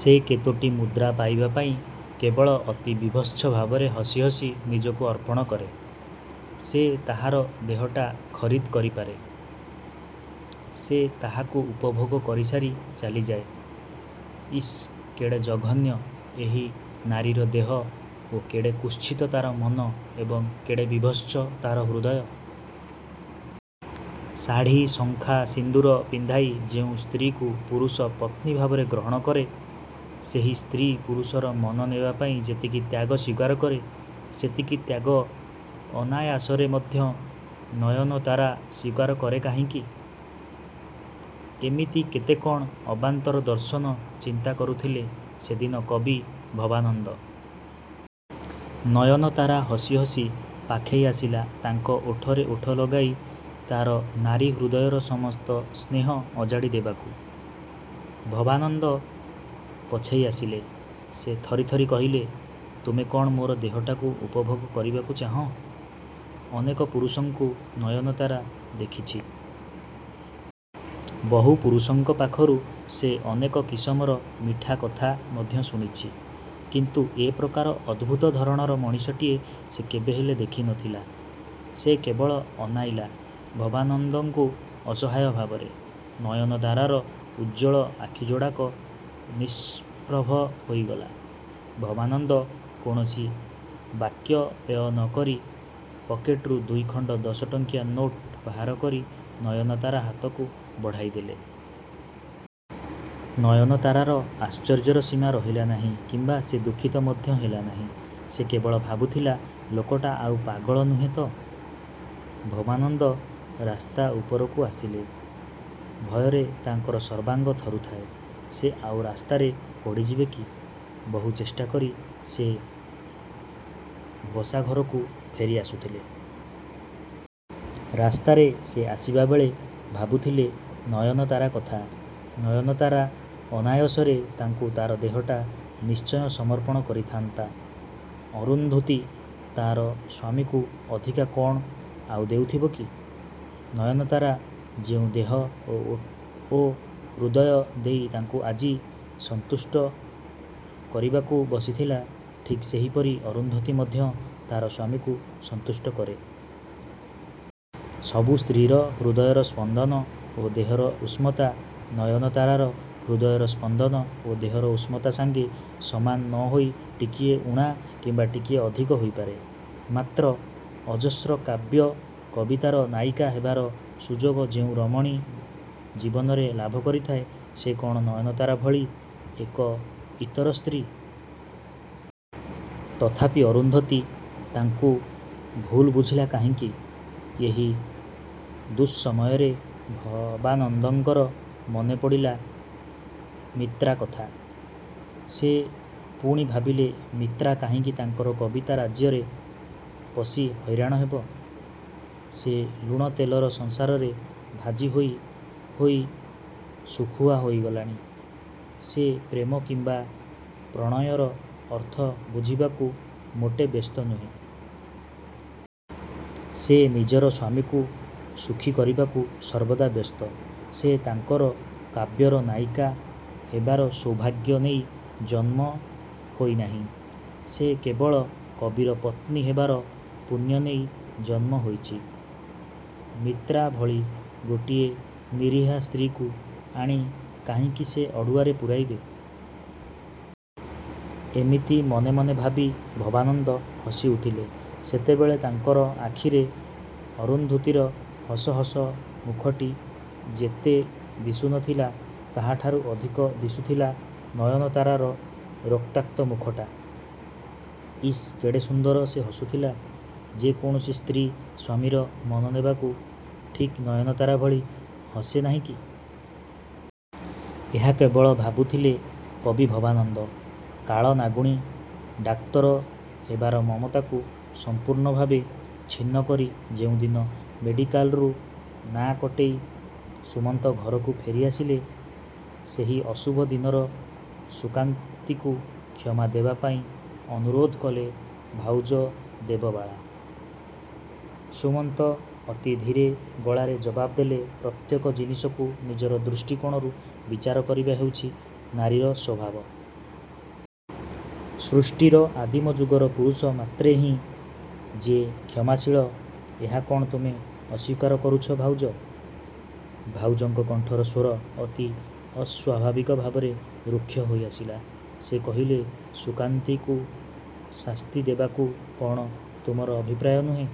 ସେ କେତୋଟି ମୁଦ୍ରା ପାଇବା ପାଇଁ କେବଳ ଅତି ବିଭତ୍ସ ଭାବରେ ହସି ହସି ନିଜକୁ ଅର୍ପଣ କରେ। ସେ ତାହାର ଦେହଟା ଖରିଦ୍ କରିପାରେ, ସେ ତାହାକୁ ଉପଭୋଗ କରିସାରି ଚାଲିଯାଏ। ଇସ୍ କେଡ଼େ ଜଘନ୍ୟ ଏହି ନାରୀର ଦେହ ଓ କେଡ଼େ କୁତ୍ସିତ ତା'ର ମନ ଏବଂ କେଡ଼େ ବିଭତ୍ସ ତା'ର ହୃଦୟ? ଶାଢ଼ି, ଶଙ୍ଖା, ସିନ୍ଦୂର ପିନ୍ଧାଇ ଯେଉଁ ସ୍ତ୍ରୀକୁ ପୁରୁଷ ପତ୍ନୀଭାବରେ ଗ୍ରହଣ କରେ, ସେହି ସ୍ତ୍ରୀ ପୁରୁଷର ମନ ନେବାପାଇଁ ଯେତିକି ତ୍ୟାଗ ସ୍ୱୀକାର କରେ, ସେତିକି ତ୍ୟାଗ ଅନାୟାସରେ ମଧ୍ୟ ନୟନତାରା ସ୍ଵୀକାର କରେ କାହିଁକି? ଏମିତି କେତେ କ'ଣ ଅବାନ୍ତର ଦର୍ଶନ ଚିନ୍ତାକରୁଥିଲେ ସେଦିନ କବି ଭବାନନ୍ଦ। ନୟନତାରା ହସିହସି ପାଖେଇ ଆସିଲା ତାଙ୍କ ଓଠରେ ଓଠ ଲଗାଇ ତା'ର ନାରୀ ହୃଦୟର ସମସ୍ତ ସ୍ନେହ ଅଜାଡ଼ି ଦେବାକୁ। ଭବାନନ୍ଦ ପଛେଇ ଆସିଲେ। ସେ ଥରି ଥରି କହିଲେ, ''ତୁମେ କ'ଣ ମୋର ଦେହଟାକୁ ଉପଭୋଗ କରିବାକୁ ଚାହଁ? '' ଅନେକ ପୁରୁଷଙ୍କୁ ନୟନତାରା ଦେଖିଛି। ବହୁ ପୁରୁଷଙ୍କ ପାଖରୁ ସେ ଅନେକ କିସମର ମିଠାକଥା ମଧ୍ୟ ଶୁଣିଛି, କିନ୍ତୁ ଏ ପ୍ରକାର ଅଦ୍ଭୁତ ଧରଣର ମଣିଷଟିଏ ସେ କେବେହେଲେ ଦେଖିନଥିଲା। ସେ କେବଳ ଅନାଇଲା ଭବାନନ୍ଦଙ୍କୁ ଅସହାୟ ଭାବରେ। ନୟନତାରାର ଉଜ୍ଜ୍ୱଳ ଆଖିଯୋଡ଼ାକ ନିଷ୍ପ୍ରଭ ହୋଇଗଲା। ଭବାନନ୍ଦ କୌଣସି ବାକ୍ୟ ବ୍ୟୟ ନ କରି ପକେଟରୁ ଦୁଇଖଣ୍ଡ ଦଶଟଙ୍କିଆ ନୋଟ ବାହାରକରି ନୟନତାରା ହାତକୁ ବଢ଼ାଇଦେଲେ। ନୟନତାରାର ଆଶ୍ଚର୍ଯ୍ୟର ସୀମା ରହିଲା ନାହିଁ କିମ୍ବା ସେ ଦୁଃଖିତ ମଧ୍ୟ ହେଲା ନାହିଁ। ସେ କେବଳ ଭାବୁଥିଲା ଲୋକଟା ଆଉ ପାଗଳ ନୁହେଁ ତ-? ଭବାନନ୍ଦ ରାସ୍ତା ଉପରକୁ ଆସିଲେ। ଭୟରେ ତାଙ୍କର ସର୍ବାଙ୍ଗ ଥରୁଥାଏ। ସେ ଆଉ ରାସ୍ତାରେ ପଡ଼ିଯିବେ କି? ବହୁ ଚେଷ୍ଟାକରି ସେ ବସାଘରକୁ ଫେରି ଆସୁଥିଲେ। ରାସ୍ତାରେ ସେ ଆସିବାବେଳେ ଭାବୁଥିଲେ ନୟନତାରା କଥା। ନୟନତାରା ଅନାୟସରେ ତାଙ୍କୁ ତା'ର ଦେହଟା ନିଶ୍ଚୟ ସମର୍ପଣ କରିଥାନ୍ତା। ଅରୁନ୍ଧୁତୀ ତା'ର ସ୍ୱାମୀକୁ ଅଧିକା କ'ଣ ଆଉ ଦେଉଥିବ କି? ନୟନତାରା ଯେଉଁ ଦେହ ଓ ହୃଦୟ ଦେଇ ତାଙ୍କୁ ଆଜି ସନ୍ତୁଷ୍ଟ କରିବାକୁ ବସିଥିଲା, ଠିକ୍ ସେହିପରି ଅରୁନ୍ଧୁତୀ ମଧ୍ୟ ତା'ର ସ୍ୱାମୀକୁ ସନ୍ତୁଷ୍ଟ କରେ। ସବୁ ସ୍ତ୍ରୀର ହୃଦୟର ସ୍ପନ୍ଦନ ଓ ଦେହର ଉଷ୍ମତା ନୟନତାରାର ହୃଦୟର ସ୍ପନ୍ଦନ ଓ ଦେହର ଉଷ୍ମତା ସଙ୍ଗେ ସମାନ ନ ହୋଇ ଟିକିଏ ଊଣା କିମ୍ବା ଟିକିଏ ଅଧିକ ହୋଇପାରେ। ମାତ୍ର ଅଜସ୍ର କାବ୍ୟ କବିତାର ନାୟିକା ହେବାର ସୁଯୋଗ ଯେଉଁ ରମଣୀ ଜୀବନରେ ଲାଭ କରିଥାଏ ସେ କ'ଣ ନୟନତାରା ଭଳି ଏକ ଇତର ସ୍ତ୍ରୀ? ତଥାପି ଅରୁନ୍ଧୁତୀ ତାଙ୍କୁ ଭୁଲ ବୁଝିଲା କାହିଁକି? ଏହି ଦୁଃସମୟରେ ଭବାନନ୍ଦଙ୍କର ମନେପଡ଼ିଲା ମିତ୍ରାକଥା। ସେ ପୁଣି ଭାବିଲେ ମିତ୍ରା କାହିଁକି ତାଙ୍କର କବିତା ରାଜ୍ୟରେ ପଶି ହଇରାଣ ହେବ? ସେ ଲୁଣ ତେଲର ସଂସାରରେ ଭାଜି ହୋଇ ହୋଇ ଶୁଖୁଆ ହୋଇଗଲାଣି। ସେ ପ୍ରେମ କିମ୍ବା ପ୍ରଣୟର ଅର୍ଥ ବୁଝିବାକୁ ମୋଟେ ବ୍ୟସ୍ତ ନୁହେଁ। ସେ ନିଜର ସ୍ୱାମୀକୁ ସୁଖୀ କରିବାକୁ ସର୍ବଦା ବ୍ୟସ୍ତ। ସେ ତାଙ୍କର କାବ୍ୟର ନାୟିକା ହେବାର ସୌଭାଗ୍ୟ ନେଇ ଜନ୍ମ ହୋଇନାହିଁ। ସେ କେବଳ କବିର ପତ୍ନୀ ହେବାର ପୁଣ୍ୟ ନେଇ ଜନ୍ମ ହୋଇଛି। ମିତ୍ରା ଭଳି ଗୋଟିଏ ନିରୀହା ସ୍ତ୍ରୀକୁ ଆଣି କାହିଁକି ସେ ଅଡ଼ୁଆରେ ପୂରାଇବେ? ଏତିକି ମନେମନେ ଭାବି ଭବାନନ୍ଦ ହସିଉଠିଲେ। ସେତେବେଳେ ତାଙ୍କର ଆଖିରେ ଅରୁନ୍ଧୁତୀର ହସ ହସ ମୁଖଟି ଯେତେ ଦିଶୁନଥିଲା ତାହାଠାରୁ ଅଧିକ ଦିଶୁଥିଲା ନୟନତାରାର ରକ୍ତାଭ ମୁଖଟା। ଇସ୍ କେଡ଼େ ସୁନ୍ଦର ସେ ହସୁଥିଲା। 'ଯେ କୌଣସି ସ୍ତ୍ରୀ ସ୍ୱାମୀର ମନନେବାକୁ ଠିକ୍ ନୟନତାରା ଭଳି ହସେ ନାହିଁକି? ' ଏହା କେବଳ ଭାବୁଥିଲେ କବି ଭବାନନ୍ଦ। କାଳ ନାଗୁଣୀ ଡାକ୍ତର ହେବାର ମମତାକୁ ସମ୍ପୂର୍ଣ୍ଣଭାବେ ଛିନ୍ନକରି ଯେଉଁଦିନ ମେଡିକାଲରୁ ନାଁ କଟେଇ ସୁମନ୍ତ ଘରକୁ ଫେରିଆସିଲେ ସେହି ଅଶୁଭ ଦିନରେ ସୁକାନ୍ତିକୁ କ୍ଷମା ଦେବାପାଇଁ ଅନୁରୋଧ କଲେ ଭାଉଜ ଦେବବାଳା। ସୁମନ୍ତ ଅତି ଧୀର ଗଳାରେ ଜବାବ୍ ଦେଲେ ''ପ୍ରତ୍ୟେକ ଜିନିଷକୁ ନିଜର ଦୃଷ୍ଟିକୋଣରୁ ବିଚାର କରିବା ହେଉଛି ନାରୀର ସ୍ୱଭାବ। ସୃଷ୍ଟିର ଆଦିମଯୁଗରୁ ପୁରୁଷ ମାତ୍ରେ ହିଁ ଯେ କ୍ଷମାଶୀଳ ଏହା କ'ଣ ତୁମେ ଅସ୍ୱୀକାର କରୁଛ ଭାଉଜ? '' ଭାଉଜଙ୍କ କଣ୍ଠର ସ୍ୱର ଅତି ଅସ୍ୱାଭାବିକ ଭାବରେ ଋକ୍ଷ ହୋଇଆସିଲା। ସେ କହିଲେ, ''ସୁକାନ୍ତୀକୁ ଶାସ୍ତିଦେବାକୁ କ'ଣ ତୁମର ଅଭିପ୍ରାୟ ନୁହେଁ?